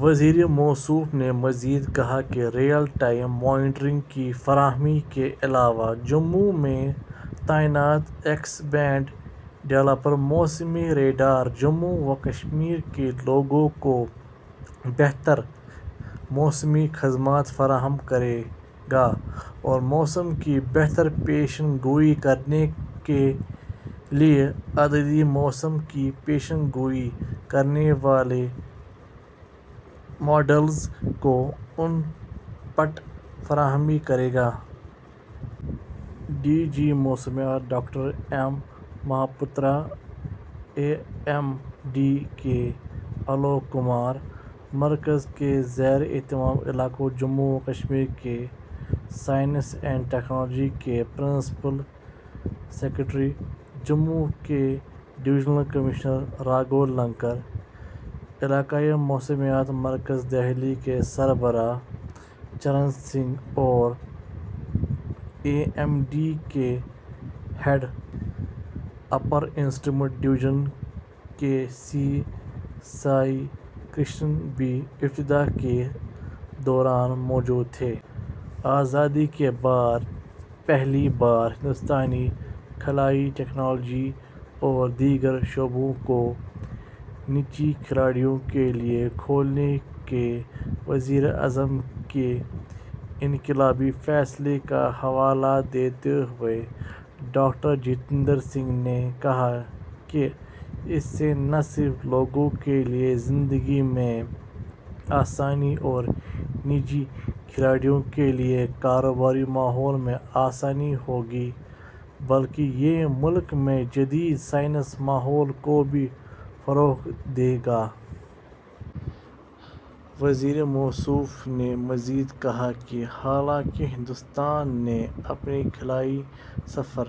وزیر موصوف نے مزید کہا کہ ریئل ٹائم مانیٹرنگ کی فراہمی کے علاوہ، جموں میں تعینات ایکس بینڈ ڈوپلر موسمی ریڈار جموں و کشمیر کے لوگوں کو بہتر موسمی خدمات فراہم کرے گا اور موسم کی بہتر پیش گوئی کرنے کے لیے عددی موسم کی پیش گوئی کرنے والے ماڈلز کو اِن پٹ فراہم کرے گا۔ ڈی جی موسمیات doctor M Mohapatra, I M D کے آلوک کمار، مرکز کے زیر انتظام علاقے جموں و کشمیر کے سائنس اینڈ ٹیکنالوجی کے پرنسپل سکریٹری، جموں کے ڈویژنل کمشنر راگھو لنگر، علاقائی موسمیاتی مرکز، دہلی کے سربراہ چرن سنگھ اور آئی ایم ڈی کے ہیڈ اپر انسٹرومنٹ ڈویژن کے سی سائی کرشنن بھی افتتاح کے دوران موجود تھے۔ آزادی کے بعد پہلی بار ہندوستانی خلائی ٹیکنالوجی اور دیگر شعبوں کو نجی کھلاڑیوں کے لیے کھولنے کے وزیراعظم کے انقلابی فیصلے کا حوالہ دیتے ہوئے، ڈاکٹر جتیندر سنگھ نے کہا کہ اس سے نہ صرف لوگوں کے لیے زندگی میں آسانی اور نجی کھلاڑیوں کے لیے کاروباری ماحول میں آسانی ہوگی، بلکہ یہ ملک میں جدید سائنسی ماحول کو بھی فروغ دے گا۔ وزیر موصوف نے مزید کہا کہ حالانکہ ہندوستان نے اپنا خلائی سفر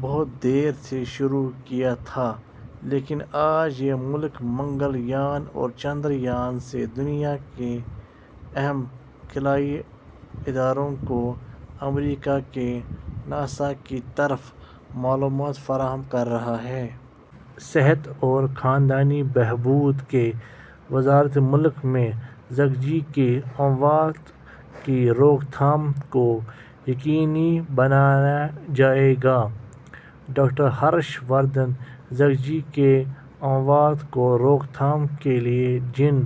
بہت دیر سے شروع کیا تھا، لیکن آج یہ ملک منگل یان اور چندریان سے دنیا کے اہم خلائی اداروں کو، امریکہ کے ناسا کی طرح، معلومات فراہم کر رہا ہے۔ صحت اور خاندانی بہبود کی وزارت ملک میں زچگی کی اموات کی روک تھام کو یقینی بنایا جائے گا: ڈاکٹر ہرش وردھن۔ زچگی کی اموات کی روک تھام کے لیے جن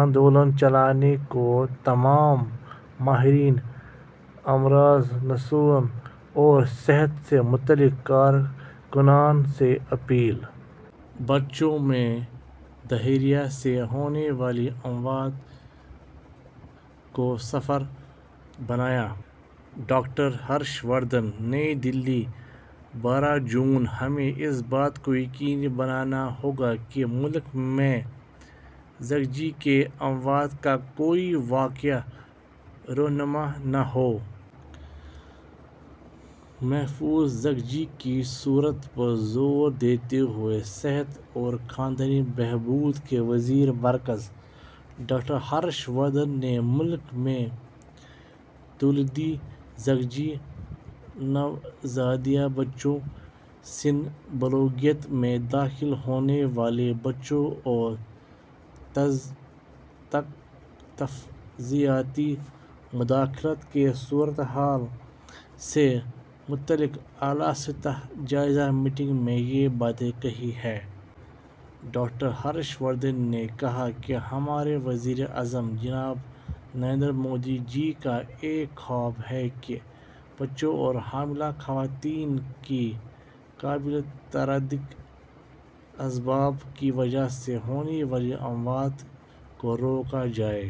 آندولن چلانے کو تمام ماہرینِ امراضِ نسواں اور صحت سے متعلق کارکنان سے اپیل۔ بچوں میں ڈائریا سے ہونے والی اموات کو صفر بنانا: ڈاکٹر ہرش وردھن۔ نئی دہلی، بارہ جون۔ ہمیں اس بات کو یقینی بنانا ہوگا کہ ملک میں زچگی کی اموات کا کوئی واقعہ رونما نہ ہو۔ محفوظ زچگی کی ضرورت پر زور دیتے ہوئے صحت اور خاندانی بہبود کے مرکزی وزیر ڈاکٹر ہرش وردھن نے ملک میں تولیدی، زچگی، نوزائیدہ بچوں، سنِ بلوغت میں داخل ہونے والے بچوں اور تغذیاتی مداخلت کی صورتحال سے متعلق اعلیٰ سطحی جائزہ میٹنگ میں یہ باتیں کہی ہیں۔ ڈاکٹر ہرش وردھن نے کہا کہ ہمارے وزیراعظم جناب نریندر مودی جی کا ایک خواب ہے کہ بچوں اور حاملہ خواتین کی قابلِ تدارک اسباب کی وجہ سے ہونے والی اموات کو روکا جائے۔